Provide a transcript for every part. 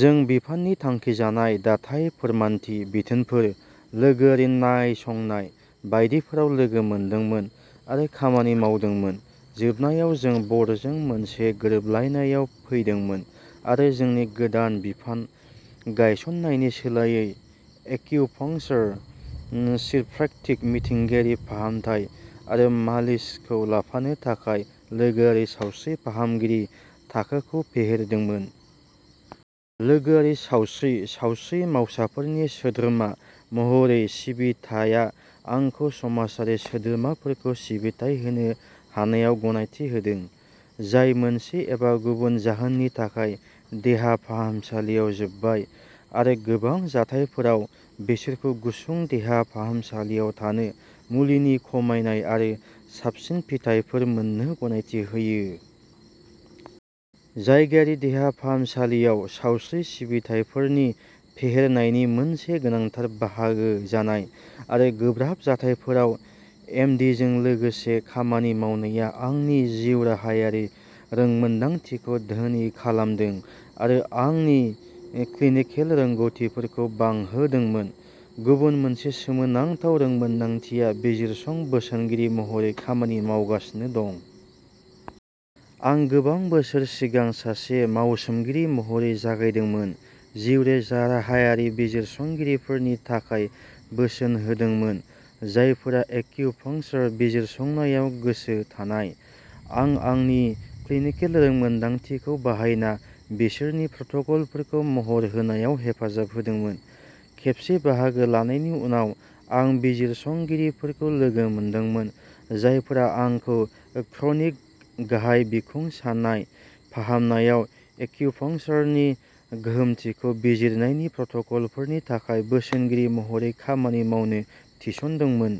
जों बिफाननि थांखिजानाय दाथाइ, फोरमानथि बिथोनफोर, लोगोआरि नायसंनाय बायदिफोराव लोगो मोनदोंमोन आरो खामानि मावदोंमोन। जोबनायाव, जों बर्डजों मोनसे गोरोबलायनायाव फैदोंमोन, आरो जोंनि गोदान बिफान गायसननायनि सोलायै, एक्युपंक्चर, चिरप्रैक्टिक, मिथिंगायारि फाहामथाय आरो मालिसखौ लाफानो थाखाय लोगोआरि सावस्रि फाहामगिरि थाखोखौ फेहेरदोंमोन। लोगोआरि सावस्रि सावस्रि मावसाफोरनि सोद्रोमा महरै सिबिथाया आंखौ समाजारि सोद्रोमाफोरखौ सिबिथाइ होनो हानायाव गनायथि होदों, जाय मोनसे एबा गुबुन जाहोननि थाखाय, देहा फाहामसालियाव जोबबाय, आरो गोबां जाथायफोराव बिसोरखौ गुसुं देहा फाहामसालियाव थानो, मुलिनि खमायनाय आरो साबसिन फिथायफोर मोननो गनायथि होयो। जायगायारि देहा फाहामसालियाव सावस्रि सिबिथाइफोरनि फेहेरनायनि मोनसे गोनांथार बाहागो जानाय, आरो गोब्राब जाथायफोराव एम डि जों लोगोसे खामानि मावनाया आंनि जिउराहायारि रोंमोनदांथिखौ धोनि खालामदों आरो आंनि क्लिनिकेल रोंग'थिफोरखौ बांहोदोंमोन। गुबुन मोनसे सोमोनांथाव रोंमोनदांथिया बिजिरसं बोसोनगिरि महरै खामानि मावगासिनो दं। आं गोबां बोसोर सिगां सासे मावसोमगिरि महरै जागायदोंमोन, जिउरेजाराहायारि बिजिरसंगिरिफोरनि थाखाय बोसोन होदोंमोन जायफोरा एक्युपंक्चर बिजिरसंनायाव गोसो थानाय। आं आंनि क्लिनिकेल रोंमोनदांथिखौ बाहायना बिसोरनि प्रट'कलफोरखौ महर होनायाव हेफाजाब होदोंमोन। खेबसे बाहागो लानायनि उनाव, आं बिजिरसंगिरिफोरखौ लोगो मोनदोंमोन, जायफोरा आंखौ क्रनिक गाहाय बिखुं सानाय फाहामनायाव एक्युपंक्चरनि गोहोमथिखौ बिजिरनायनि प्रट'कलफोरनि थाखाय बोसोनगिरि महरै खामानि मावनो थिसनदोंमोन।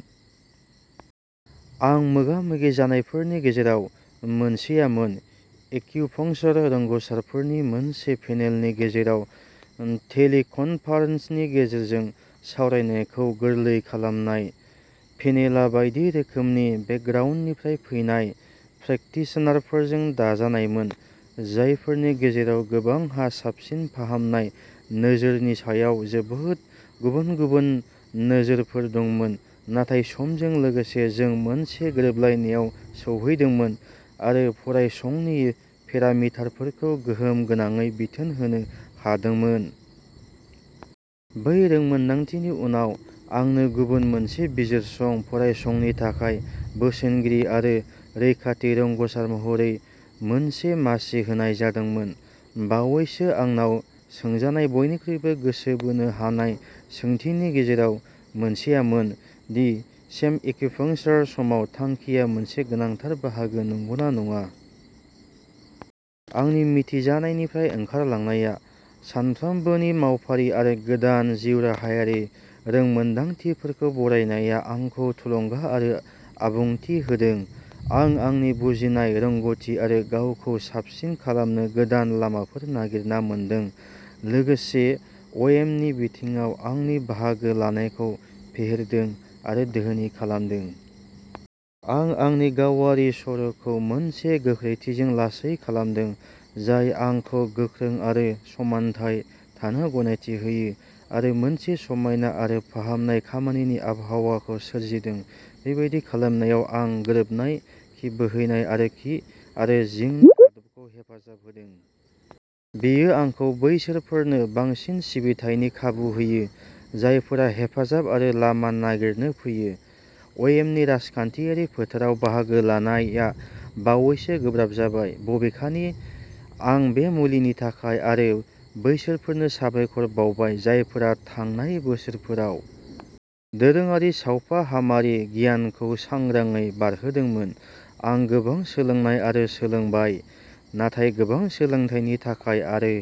आं मोगा-मोगि जानायफोरनि गेजेराव मोनसेआमोन एक्युपंक्चर रोंग'सार फोरनि मोनसे पेनेलनि गेजेराव टेलिकनफारेन्सनि गेजेरजों सावरायनायखौ गोरलै खालामनाय। पेनेलआ बायदि रोखोमनि बेकग्राउन्डनिफ्राय फैनाय प्रेकटिशनारफोरजों दाजानायमोन, जायफोरनि गेजेराव गोबांहा साबसिन फाहामनाय नोजोरनि सायाव जोबोद गुबुन-गुबुन नोजोरफोर दंमोन, नाथाय समजों लोगोसे जों मोनसे गोरोबलायनायाव सौहैदोंमोन आरो फरायसंनि पेरामिटारफोरखौ गोहोम गोनाङै बिथोन होनो हादोंमोन। बै रोंमोनदांथिनि उनाव, आंनो गुबुन मोनसे बिजिरसं फरायसंनि थाखाय बोसोनगिरि आरो रैखाथि रोंग'सार महरै मोनसे मासि होनाय जादोंमोन। बावैसो आंनाव सोंजानाय बयनिख्रुइबो गोसो बोनो हानाय सोंथिनि गेजेराव मोनसेआमोन दि शेम एक्युपंक्चरनि समाव थांखिया मोनसे गोनांथार बाहागो नंगौना नङा। आंनि मिथिजानायनिफ्राय ओंखारलांनाया। सानफ्रोमबोनि मावफारि आरो गोदान जिउराहायारि रोंमोनदांथिफोरखौ बरायनाया आंखौ थुलुंगा आरो आबुंथि होदों। आं आंनि बुजिनाय, रोंग'थि-आरो गावखौ साबसिन खालामनो गोदान लामाफोर नागिरना मोनदों, लोगोसे अ'एमनि बिथिङाव आंनि बाहागो लानायखौ फेहेरदों आरो धोनि खालामदों। आं आंनि गावारि सर'खौ मोनसे गोख्रैथिजों लासै खालामदों, जाय आंखौ गोख्रों आरो समानथाय थानो गनायथि होयो, आरो मोनसे समायना आरो फाहामनाय खामानिनि आबहावाखौ सोरजिदों। बेबादि खालामनायाव, आं गोरोबनाय कि बोहैनाय आरो कि आरो जिंनि आबादखौ हेफाजाब होदों। बेयो आंखौ बैसोरफोरनो बांसिन सिबिथायनि खाबु होयो जायफोरा हेफाजाब आरो लामा नागिरनो फैयो। अ'एमनि राजखान्थियारि फोथाराव बाहागो लानाया बावैसो गोब्राब जाबाय। बबेखानि, आं बे मुलिनि थाखाय आरो बैसोरफोरनो साबायखर बावबाय जायफोरा थांनाय बोसोरफोराव दोरोङारि सावफाहामारि गियानखौ सांग्राङै बारहोदोंमोन, आं गोबां सोलोंनाय आरो सोलोंबाय थानाय गोबां सोलोंथायनि थाखाय, आरो